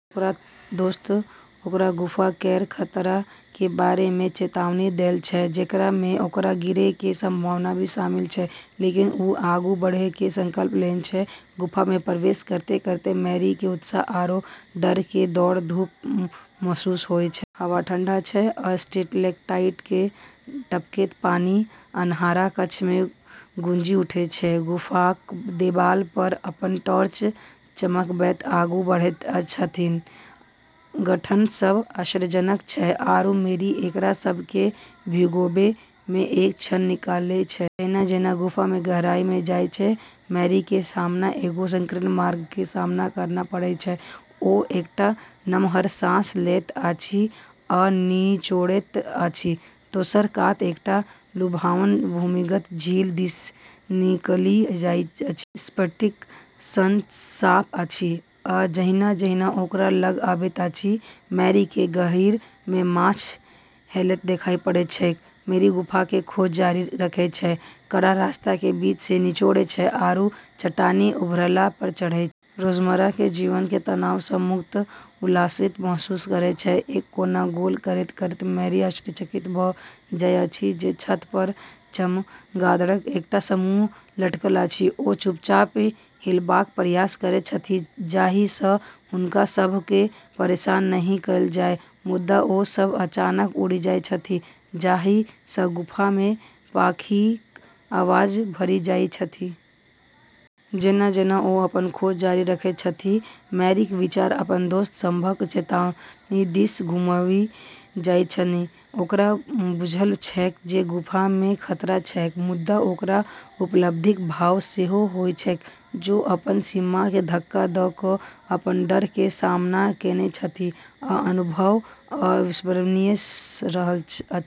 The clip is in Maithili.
ओकरऽ दोस्त ओकरा गुफा केरऽ खतरा के बारे म॑ चेतावनी देल॑ छै, जेकरा म॑ ओकरा गिरै के संभावना भी शामिल छै, लेकिन वू आगू बढ़ै के संकल्प लेन॑ छै। गुफा में प्रवेश करतें-करतें मैरी केॅ उत्साह आरो डर के दौड़-धूप महसूस होय छै। हवा ठंडा छै, आ स्टैलेक्टाइट सं टपकैत पानि अन्हार कक्ष में गूँजि उठैत छै. गुफाक देबाल पर अपन टॉर्च चमकबैत आगू बढ़ैत छथि। गठन सब आश्चर्यजनक छै, आरू मैरी एकरा सब के भिगोबै में एक क्षण निकालै छै. जहिना-जहिना गुफा में गहराई में जाय छै, मैरी के सामना एगो संकीर्ण मार्ग के सामना करना पड़ै छै। ओ एकटा नमहर साँस लैत अछि आ निचोड़ैत अछि, दोसर कात एकटा लुभावन भूमिगत झील दिस निकलि जाइत अछि। पानि स्फटिक सन साफ अछि, आ जहिना-जहिना ओकरा लग अबैत अछि, मैरी केँ गहींर मे माछ हेलैत देखाइ पड़ैत छैक। मैरी गुफा के खोज जारी रखै छै, कड़ा रास्ता के बीच से निचोड़ै छै आरू चट्टानी उभरला पर चढ़ै छै। रोजमर्रा के जीवन के तनाव स मुक्त, उल्लासित महसूस करै छै। एक कोना गोल करैत-करैत मैरी आश्चर्यचकित भ' जाइत अछि जे छत पर चमगादड़क एकटा समूह लटकल अछि. ओ चुपचाप हिलबाक प्रयास करैत छथि जाहि सँ हुनका सभ केँ परेशान नहि कयल जाय, मुदा ओ सभ अचानक उड़ि जाइत छथि, जाहि सँ गुफा मे पाँखिक आवाज भरि जाइत छथि। जेना-जेना ओ अपन खोज जारी रखैत छथि, मैरीक विचार अपन दोस्त सभक चेतावनी दिस घुमि जाइत छनि। ओकरा बुझल छैक जे गुफा मे खतरा छैक, मुदा ओकरा उपलब्धिक भाव सेहो होइत छैक। ओ अपन सीमा के धक्का द' क' अपन डर के सामना केने छथि, आ अनुभव अविस्मरणीय रहल अछि.